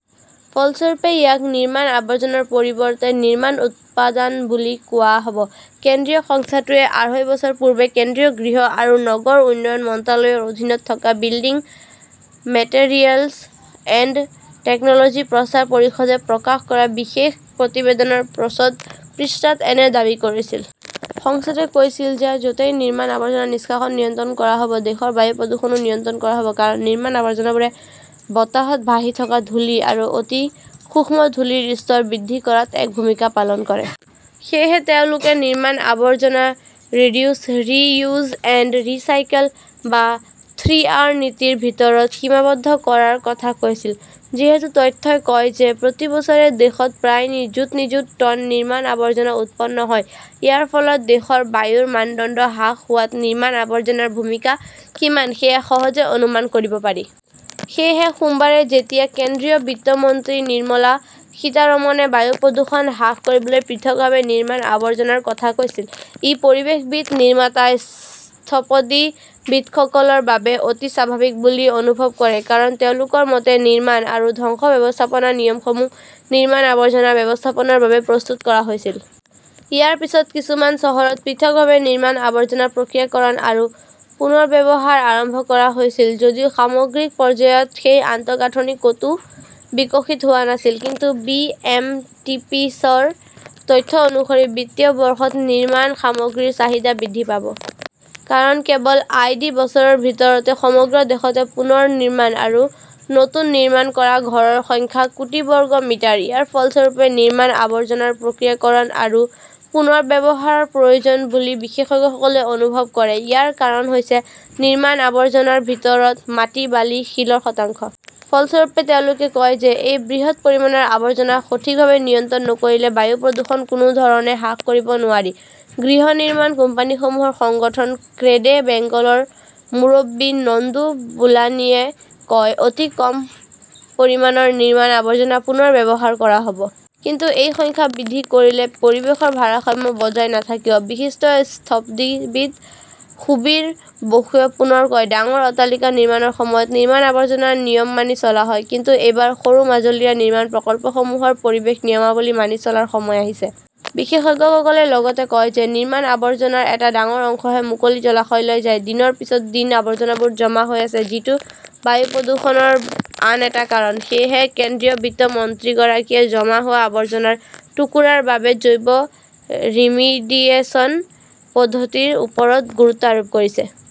ফলস্বৰূপে, ইয়াক নিৰ্মাণ-আৱৰ্জনাৰ পৰিৱৰ্তে নিৰ্মাণ-উপাদান বুলি কোৱা হ'ব। কেন্দ্ৰীয় সংস্থাটোৱে আঢ়ৈ বছৰ পূৰ্বে কেন্দ্ৰীয় গৃহ আৰু নগৰ উন্নয়ন মন্ত্ৰালয়ৰ অধীনত থকা বিল্ডিং মেটেৰিয়েলছ এণ্ড টেকন'লজি প্ৰচাৰ পৰিষদে প্ৰকাশ কৰা বিশেষ প্ৰতিবেদনৰ প্ৰচ্ছদ পৃষ্ঠাত এনে দাবী কৰিছিল। সংস্থাটোৱে কৈছিল যে য'তেই নিৰ্মাণ-আৱৰ্জনা নিষ্কাশন নিয়ন্ত্ৰণ কৰা হ'ব, দেশৰ বায়ু প্ৰদূষণও নিয়ন্ত্ৰণ কৰা হ'ব। কাৰণ, নিৰ্মাণ আৱৰ্জনাবোৰে বতাহত ভাহি থকা ধূলি আৰু অতি সূক্ষ্ম ধূলিৰ স্তৰ বৃদ্ধি কৰাত এক ভূমিকা পালন কৰে। সেয়েহে তেওঁলোকে নিৰ্মাণ-আৱৰ্জনা ৰিডিউছ, ৰি-ইউজ এণ্ড ৰাইচিকেল বা থ্ৰী আৰ নীতিৰ ভিতৰত সীমাবদ্ধ কৰাৰ কথা কৈছিল। যিহেতু তথ্যই কয় যে প্ৰতি বছৰে দেশত প্ৰায় নিযুত নিযুত টন নিৰ্মাণ-আৱৰ্জনা উৎপন্ন হয়। ইয়াৰ ফলত দেশৰ বায়ুৰ মানদণ্ড হ্ৰাস হোৱাত নিৰ্মাণ-আৱৰ্জনাৰ ভূমিকা কিমান সেয়া সহজে অনুমান কৰিব পাৰি। সেয়েহে সোমবাৰে যেতিয়া কেন্দ্ৰীয় বিত্ত মন্ত্ৰী নিৰ্মলা সীতাৰমণে বায়ু প্ৰদূষণ হ্ৰাস কৰিবলৈ পৃথকভাৱে নিৰ্মাণ-আৱৰ্জনাৰ কথা কৈছিল, ই পৰিৱেশবিদ-নিৰ্মাতা-স্থপতিবিদসকলৰ বাবে অতি স্বাভাৱিক বুলি অনুভৱ কৰে। কাৰণ তেওঁলোকৰ মতে, নিৰ্মাণ আৰু ধ্বংস ব্যৱস্থাপনা নিয়মসমূহ, নিৰ্মাণ-আৱৰ্জনা ব্যৱস্থাপনাৰ বাবে প্ৰস্তুত কৰা হৈছিল। ইয়াৰ পিছত কিছুমান চহৰত পৃথকভাৱে নিৰ্মাণ আৱৰ্জনা প্ৰক্ৰিয়াকৰণ আৰু পুনৰ্ব্যৱহাৰ আৰম্ভ কৰা হৈছিল যদিও সামগ্ৰিক পৰ্যায়ত সেই আন্তঃগাঁথনি ক'তো বিকশিত হোৱা নাছিল। কিন্তু B. M. T. P. C. -ৰ তথ্য অনুসৰি বিত্তীয় বৰ্ষত নিৰ্মাণ সামগ্ৰীৰ চাহিদা বৃদ্ধি পাব। কাৰণ, কেৱল আই. ডি. বছৰৰ ভিতৰতে সমগ্ৰ দেশতে পুনৰ নিৰ্মাণ আৰু নতুন নিৰ্মাণ কৰা ঘৰৰ সংখ্যা কোটি বৰ্গ মিটাৰ! ইয়াৰ ফলস্বৰূপে নিৰ্মাণ আৱৰ্জনাৰ প্ৰক্ৰিয়াকৰণ আৰু পুনৰ্ব্যৱহাৰৰ প্ৰয়োজন বুলি বিশেষজ্ঞসকলে অনুভৱ কৰে। ইয়াৰ কাৰণ হৈছে নিৰ্মাণ-আৱৰ্জনাৰ ভিতৰত মাটি, বালি, শিলৰ শতাংশ। ফলস্বৰূপে, তেওঁলোকে কয় যে এই বৃহৎ পৰিমাণৰ আৱৰ্জনা সঠিকভাৱে নিয়ন্ত্ৰণ নকৰিলে বায়ু প্ৰদূষণ কোনো ধৰণে হ্ৰাস কৰিব নোৱাৰি। গৃহ নিৰ্মাণ কোম্পানীসমূহৰ সংগঠন ক্ৰেডে বেংগলৰ মুৰব্বী নন্দু বেলানীয়ে কয়, অতি কম পৰিমাণৰ নিৰ্মাণ-আৱৰ্জনা পুনৰ ব্যৱহাৰ কৰা হয়। কিন্তু এই সংখ্যা বৃদ্ধি কৰিলে পৰিৱেশৰ ভাৰসাম্য বজাই নাথাকিব। বিশিষ্ট স্থপতিবিদ সুবীৰ বসুৱে পুনৰ কয়, ডাঙৰ অট্টালিকা নিৰ্মাণৰ সময়ত নিৰ্মাণ-আৱৰ্জনা নিয়ম মানি চলা হয়। কিন্তু এইবাৰ সৰু-মজলীয়া নিৰ্মাণ প্ৰকল্পসমূহৰ পৰিৱেশ নিয়মাৱলী মানি চলাৰ সময় আহিছে। বিশেষজ্ঞসকলে লগতে কয় যে নিৰ্মাণ-আৱৰ্জনাৰ এটা ডাঙৰ অংশহে মুকলি জলাশয়লৈ যায়। দিনৰ পিছত দিন আৱৰ্জনাবোৰ জমা হৈ আছে। যিটো বায়ু প্ৰদূষণৰ আন এটা কাৰণ। সেয়েহে কেন্দ্ৰীয় বিত্ত মন্ত্ৰীগৰাকীয়ে জমা হোৱা আৱৰ্জনাৰ টুকুৰা ৰ বাবে জৈৱ-ৰিমিডিয়েচন পদ্ধতিৰ ওপৰত গুৰুত্ব আৰোপ কৰিছে।